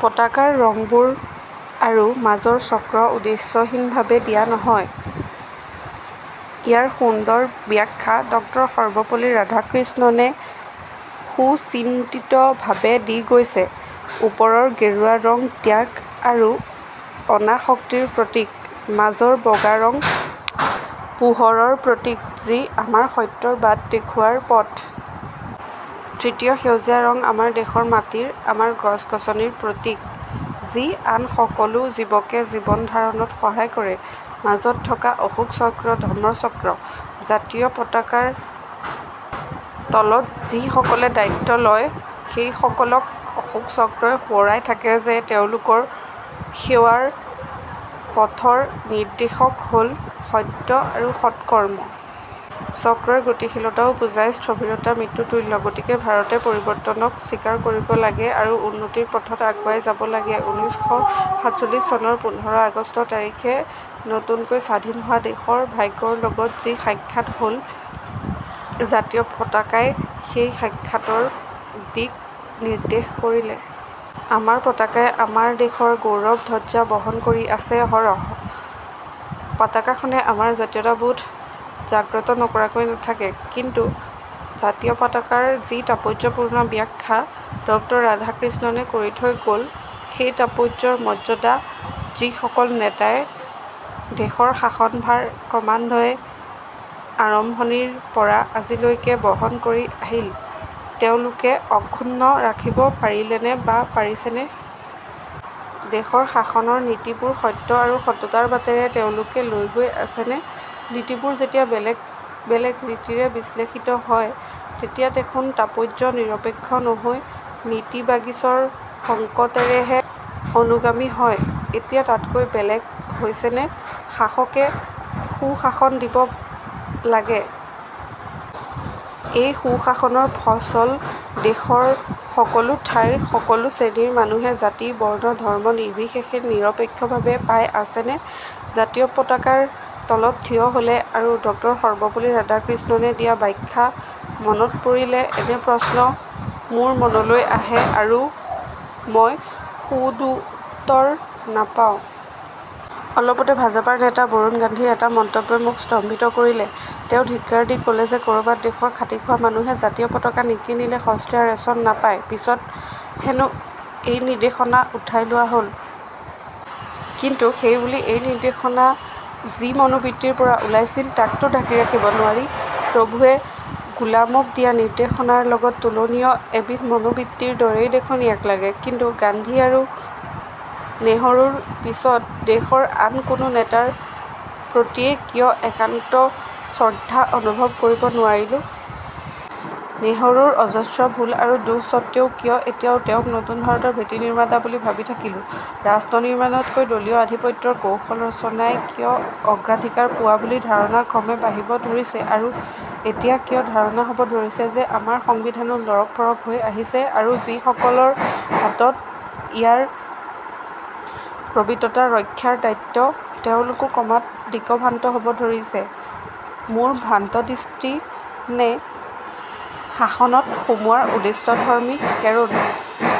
পতাকাৰ ৰংবোৰ আৰু মাজৰ চক্ৰ উদ্দেশ্যহীনভাৱে দিয়া নহয়। ইয়াৰ সুন্দৰ ব্যাখ্যা ডক্তৰ সৰ্বপল্লী ৰাধাকৃষ্ণনে সুচিন্তিতভাৱে দি থৈ গৈছে। ওপৰৰ গেৰুৱা ৰং ত্যাগ আৰু অনাসক্তিৰ প্ৰতীক। মাজৰ বগা ৰং পোহৰৰ প্ৰতীক, যি আমাক সত্যৰ বাট দেখুওৱাৰ পথ। তৃতীয় সেউজীয়া ৰং আমাৰ দেশৰ মাটিৰ, আমাৰ গছগছনিৰ প্ৰতীক, যি আন সকলো জীৱকে জীৱন ধাৰণত সহায় কৰে। মাজত থকা অশোক চক্ৰ ধৰ্মচক্ৰ। জাতীয় পতাকাৰ তলত যিসকলে দায়িত্ব লয়, সেই সকলক অশোক চক্ৰই সোঁৱৰাই থাকে যে তেওঁলোকৰ সেৱাৰ পথৰ নিৰ্দেশক হল সত্য আৰু সৎ কৰ্ম। চক্ৰই গতিশীলতাও বুজায়, স্থৱিৰতা মৃত্যু তুল্য। গতিকে ভাৰতে পৰিৱৰ্তনক স্বীকাৰ কৰিব লাগে আৰু উন্নতিৰ পথত আগুৱাই যাব লাগে। উনৈশ শ সাতচল্লিছ চনৰ পোন্ধৰ আগষ্ট তাৰিখে এই নতুনকৈ স্বাধীন হোৱা দেশৰ ভাগ্যৰ লগত যি সাক্ষাৎ হল, জাতীয় পতাকাই সেই সাক্ষাতৰ দিক নিৰ্দেশ কৰিলে। আমাৰ পতাকাই আমাৰ দেশৰ গৌৰৱ ধ্বজা বহন কৰি আছে অহৰহ। পতাকাখনে আমাৰ জাতীয়তাবোধ জাগ্ৰত নকৰাকৈ নাথাকে। কিন্তু জাতীয় পতাকাৰ যি তাৎপৰ্যপূৰ্ণ ব্যাখ্যা ডক্তৰ ৰাধাকৃষ্ণনে কৰি থৈ গল, সেই তাৎপৰ্যৰ মৰ্যাদা যিসকল নেতাই দেশৰ শাসনভাৰ ক্ৰমান্বয়ে আৰম্ভণিৰ পৰা আজিলৈকে বহন কৰি আহিল, তেওঁলোকে অক্ষুণ্ণ ৰাখিব পাৰিলেনে বা পাৰিছেনে? দেশৰ শাসনৰ নীতিবোৰ সত্য আৰু সততাৰ বাটেৰে তেওঁলোকে লৈ গৈ আছেনে? নীতিবোৰ যেতিয়া বেলেগ বেলেগ ৰীতিৰে বিশ্লেষিত হয়, তেতিয়া দেখোন তাৎপৰ্য নিৰপেক্ষ নহৈ নীতিবাগীচৰ সংকেতৰহে অনুগামী হয়। এতিয়া তাতকৈ বেলেগ হৈছেনে? শাসকে সুশাসন দিব লাগে। এই সুশাসনৰ ফচল দেশৰ সকলো ঠাইৰ সকলো শ্ৰেণীৰ মানুহে জাতি, বৰ্ণ, ধৰ্ম নিৰ্বিশেষে নিৰপেক্ষভাৱে পাই আছেনে? জাতীয় পতাকাৰ তলত থিয় হলে আৰু ডক্তৰ সৰ্বপল্লী ৰাধাকৃষ্ণনে দিয়া ব্যাখ্যা মনত পৰিলে এনে প্ৰশ্ন মোৰ মনলৈ আহে আৰু মই সদুত্তৰ নাপাওঁ। অলপতে ভাজপাৰ নেতা বৰুণ গান্ধীৰ এটা মন্তব্যই মোক স্তম্ভিত কৰিলে। তেওঁ ধিক্কাৰ দি কলে যে, কৰবাত দেশৰ খাটি খোৱা মানুহে জাতীয় পতাকা নিকিনিলে সস্তীয়া ৰেশ্বন নাপায়। পিছত হেনো এই নিৰ্দেশনা উঠাই লোৱা হল। কিন্তু সেই বুলি এই নিৰ্দেশনা যি মনোবৃত্তিৰ পৰা ওলাইছিল, তাকতো ঢাকি ৰাখিব নোৱাৰি। প্ৰভুৱে গোলামক দিয়া নিৰ্দেশনাৰ লগত তুলনীয় এবিধ মনোবৃত্তিৰ দৰেই দেখোন ইয়াক লাগে। কিন্তু গান্ধী আৰু নেহৰুৰ পিছত দেশৰ আন কোনো নেতাৰ প্ৰতিয়েই কিয় একান্ত শ্ৰদ্ধা অনুভৱ কৰিব নোৱাৰিলোঁ? নেহৰুৰ অজস্ৰ ভুল আৰু দোষ স্বত্তেও কিয় এতিয়াও তেওঁক নতুন ভাৰতৰ ভেটি নিৰ্মাতা বুলি ভাবি থাকিলোঁ? ৰাষ্ট্ৰনিৰ্মাণতকৈ দলীয় আধিপত্যৰ কৌশল ৰচনাই কিয় অগ্ৰাধিকাৰ পোৱা বুলি ধাৰণা ক্ৰমে বাঢ়িব ধৰিছে আৰু এতিয়া কিয় ধাৰণা হব ধৰিছে যে আমাৰ সংবিধানো লৰক ফৰক হৈ আহিছে আৰু যিসকলৰ হাতত ইয়াৰ পৱিত্ৰতা ৰক্ষাৰ দায়িত্ব, তেওঁলোকো ক্ৰমাৎ দিকভ্ৰান্ত হব ধৰিছে? মোৰ ভ্ৰান্তদৃষ্টি নে শাসনত সোমোৱা উদ্দেশ্যধৰ্মী কেৰোণ?